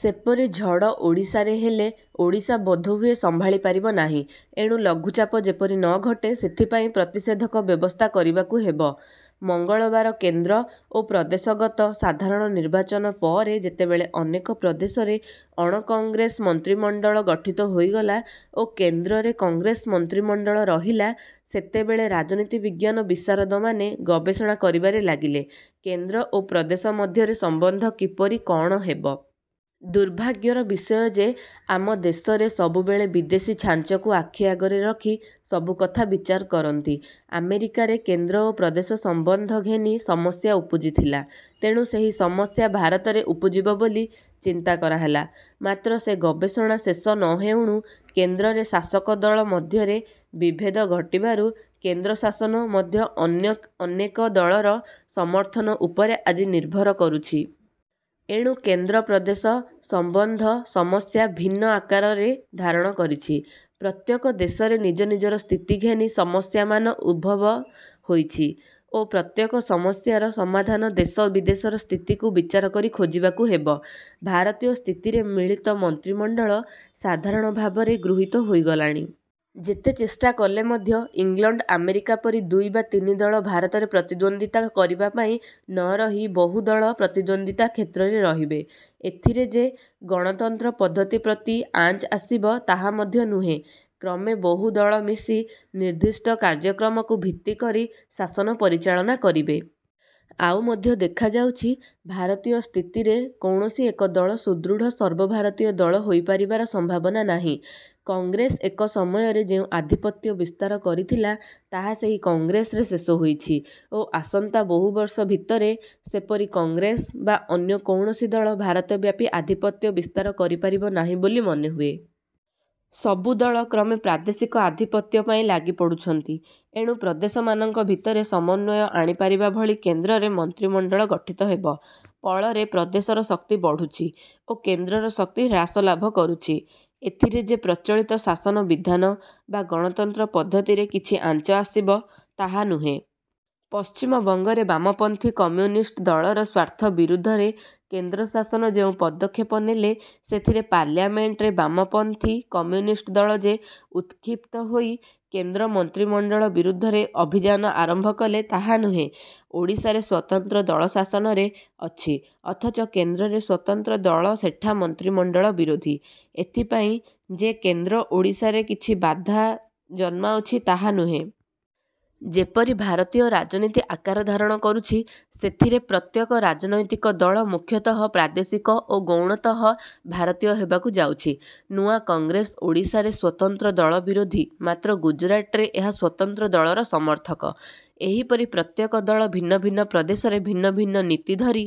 ସେପରି ଝଡ଼ ଓଡ଼ିଶାରେ ହେଲେ ଓଡ଼ିଶା ବୋଧହୁଏ ସମ୍ଭାଳି ପାରିବନାହିଁ। ଏଣୁ ଲଘୁଚାପ ଯେପରି ନ ଘଟେ ସେଥିପାଇଁ ପ୍ରତିଷେଧକ ବ୍ୟବସ୍ଥା କରିବାକୁ ହେବ। ମଙ୍ଗଳବାର କେନ୍ଦ୍ର ଓ ପ୍ରଦେଶ ଗତ ସାଧାରଣ ନିର୍ବାଚନ ପରେ ଯେତେବେଳେ ଅନେକ ପ୍ରଦେଶରେ ଅଣକଂଗ୍ରେସ ମନ୍ତ୍ରିମଣ୍ଡଳ ଗଠିତ ହୋଇଗଲା ଓ କେନ୍ଦ୍ରରେ କଂଗ୍ରେସ ମନ୍ତ୍ରିମଣ୍ଡଳ ରହିଲା, ସେତେବେଳେ ରାଜନୀତି-ବିଜ୍ଞାନ ବିଶାରଦମାନେ ଗବେଷଣା କରିବାରେ ଲାଗିଲେ କେନ୍ଦ୍ର ଓ ପ୍ରଦେଶ ମଧ୍ୟରେ ସମ୍ବନ୍ଧ କିପରି କଅଣ ହେବ। ଦୁର୍ଭାଗ୍ୟର ବିଷୟ ଯେ ଆମ ଦେଶରେ ସବୁବେଳେ ବିଦେଶୀ ଛାଞ୍ଚକୁ ଆଖିଆଗରେ ରଖି ସବୁ କଥା ବିଚାର କରନ୍ତି। ଆମେରିକାରେ କେନ୍ଦ୍ର ଓ ପ୍ରଦେଶ ସମ୍ବନ୍ଧ ଘେନି ସମସ୍ୟା ଉପୁଜିଥିଲା। ତେଣୁ ସେହି ସମସ୍ୟା ଭାରତରେ ଉପୁଜିବ ବୋଲି ଚିନ୍ତା କରାହେଲା; ମାତ୍ର ସେ ଗବେଷଣା ଶେଷ ନ ହେଉଣୁ, କେନ୍ଦ୍ରରେ ଶାସକ ଦଳ ମଧ୍ୟରେ ବିଭେଦ ଘଟିବାରୁ କେନ୍ଦ୍ର ଶାସନ ମଧ୍ୟ ଅନ୍ୟ ଅନେକ ଦଳର ସମର୍ଥନ ଉପରେ ଆଜି ନିର୍ଭର କରୁଛି। ଏଣୁ କେନ୍ଦ୍ର-ପ୍ରଦେଶ ସମ୍ବନ୍ଧ ସମସ୍ୟା ଭିନ୍ନ ଆକାରରେ ଧାରଣ କରିଛି। ପ୍ରତ୍ୟେକ ଦେଶରେ ନିଜ ନିଜର ସ୍ଥିତି ଘେନି ସମସ୍ୟାମାନ ଉଦ୍ଭବ ହୋଇଛି ଓ ପ୍ରତ୍ୟେକ ସମସ୍ୟାର ସମାଧାନ ଦେଶ ବିଦେଶର ସ୍ଥିତିକୁ ବିଚାର କରି ଖୋଜିବାକୁ ହେବ। ଭାରତୀୟ ସ୍ଥିତିରେ ମିଳିତ ମନ୍ତ୍ରିମଣ୍ଡଳ ସାଧାରଣ ଭାବରେ ଗୃହୀତ ହୋଇଗଲାଣି। ଯେତେ ଚେଷ୍ଟା କଲେ ମଧ୍ୟ ଇଂଲଣ୍ଡ ଆମେରିକା ପରି ଦୁଇ ବା ତିନି ଦଳ ଭାରତରେ ପ୍ରତିଦ୍ୱନ୍ଦ୍ୱିତା କରିବା ପାଇଁ ନ ରହି ବହୁ ଦଳ ପ୍ରତିଦ୍ୱନ୍ଦ୍ୱିତା କ୍ଷେତ୍ରରେ ରହିବେ। ଏଥିରେ ଯେ ଗଣତନ୍ତ୍ର ପଦ୍ଧତି ପ୍ରତି ଆଞ୍ଚ ଆସିବ, ତାହା ମଧ୍ୟ ନୁହେଁ। କ୍ରମେ ବହୁ ଦଳ ମିଶି ନିର୍ଦ୍ଦିଷ୍ଟ କାର୍ଯ୍ୟକ୍ରମକୁ ଭିତ୍ତିକରି ଶାସନ ପରିଚାଳନା କରିବେ। ଆଉ ମଧ୍ୟ ଦେଖାଯାଉଛି, ଭାରତୀୟ ସ୍ଥିତିରେ କୌଣସି ଏକ ଦଳ ସୁଦୃଢ଼ ସର୍ବଭାରତୀୟ ଦଳ ହୋଇପାରିବାର ସମ୍ଭାବନା ନାହିଁ। କଂଗ୍ରେସ ଏକ ସମୟରେ ଯେଉଁ ଆଧିପତ୍ୟ ବିସ୍ତାର କରିଥିଲା, ତାହା ସେହି କଂଗ୍ରେସରେ ଶେଷ ହୋଇଛି ଓ ଆସନ୍ତା ବହୁବର୍ଷ ଭିତରେ ସେପରି କଂଗ୍ରେସ ବା ଅନ୍ୟ କୌଣସି ଦଳ ଭାରତବ୍ୟାପୀ ଆଧିପତ୍ୟ ବିସ୍ତାର କରିପାରିବ ନାହିଁ ବୋଲି ମନେହୁଏ। ସବୁଦଳ କ୍ରମେ ପ୍ରାଦେଶିକ ଆଧିପତ୍ୟ ପାଇଁ ଲାଗିପଡ଼ୁଛନ୍ତି। ଏଣୁ ପ୍ରଦେଶମାନଙ୍କ ଭିତରେ ସମନ୍ୱୟ ଆଣିପାରିବା ଭଳି କେନ୍ଦ୍ରରେ ମନ୍ତ୍ରିମଣ୍ଡଳ ଗଠିତ ହେବ। ପଳରେ ପ୍ରଦେଶର ଶକ୍ତି ବଢ଼ୁଛି ଓ କେନ୍ଦ୍ରର ଶକ୍ତି ହ୍ରାସ ଲାଭକରୁଛି। ଏଥିରେ ଯେ ପ୍ରଚଳିତ ଶାସନ ବିଧାନ ବା ଗଣତନ୍ତ୍ର ପଦ୍ଧତିରେ କିଛି ଆଞ୍ଚ ଆସିବ ତାହା ନୁହେଁ। ପଶ୍ଚିମବଙ୍ଗରେ ବାମପନ୍ଥୀ କମ୍ୟୁନିଷ୍ଟ ଦଳର ସ୍ୱାର୍ଥ ବିରୁଦ୍ଧରେ କେନ୍ଦ୍ର ଶାସନ ଯେଉଁ ପଦକ୍ଷେପ ନେଲେ, ସେଥିରେ ପାର୍ଲାମେଣ୍ଟରେ ବାମପନ୍ଥୀ କମ୍ୟୁନିଷ୍ଟ ଦଳ ଯେ ଉତ୍କ୍ଷିପ୍ତ ହୋଇ କେନ୍ଦ୍ର ମନ୍ତ୍ରିମଣ୍ଡଳ ବିରୁଦ୍ଧରେ ଅଭିଯାନ ଆରମ୍ଭ କଲେ, ତାହା ନୁହେଁ। ଓଡ଼ିଶାରେ ସ୍ୱତନ୍ତ୍ର ଦଳ ଶାସନରେ ଅଛି; ଅଥଚ କେନ୍ଦ୍ରରେ ସ୍ୱତନ୍ତ୍ର ଦଳ ସେଠା ମନ୍ତ୍ରିମଣ୍ଡଳ ବିରୋଧୀ, ଏଥିପାଇଁ ଯେ କେନ୍ଦ୍ର ଓଡ଼ିଶାରେ କିଛି ବାଧା ଜନ୍ମାଉଛି ତାହା ନୁହେଁ। ଯେପରି ଭାରତୀୟ ରାଜନୀତି ଆକାର ଧାରଣ କରୁଛି, ସେଥିରେ ପ୍ରତ୍ୟେକ ରାଜନୈତିକ ଦଳ ମୁଖ୍ୟତଃ ପ୍ରାଦେଶିକ ଓ ଗୌଣତଃ ଭାରତୀୟ ହେବାକୁ ଯାଉଛି। ନୂଆ କଂଗ୍ରେସ ଓଡ଼ିଶାରେ ସ୍ୱତନ୍ତ୍ରଦଳ ବିରୋଧୀ ମାତ୍ର ଗୁଜୁରାଟରେ ଏହା ସ୍ୱତନ୍ତ୍ର ଦଳର ସମର୍ଥକ। ଏହିପରି ପ୍ରତ୍ୟେକ ଦଳ ଭିନ୍ନ ଭିନ୍ନ ପ୍ରଦେଶରେ ଭିନ୍ନ ଭିନ୍ନ ନୀତି ଧରି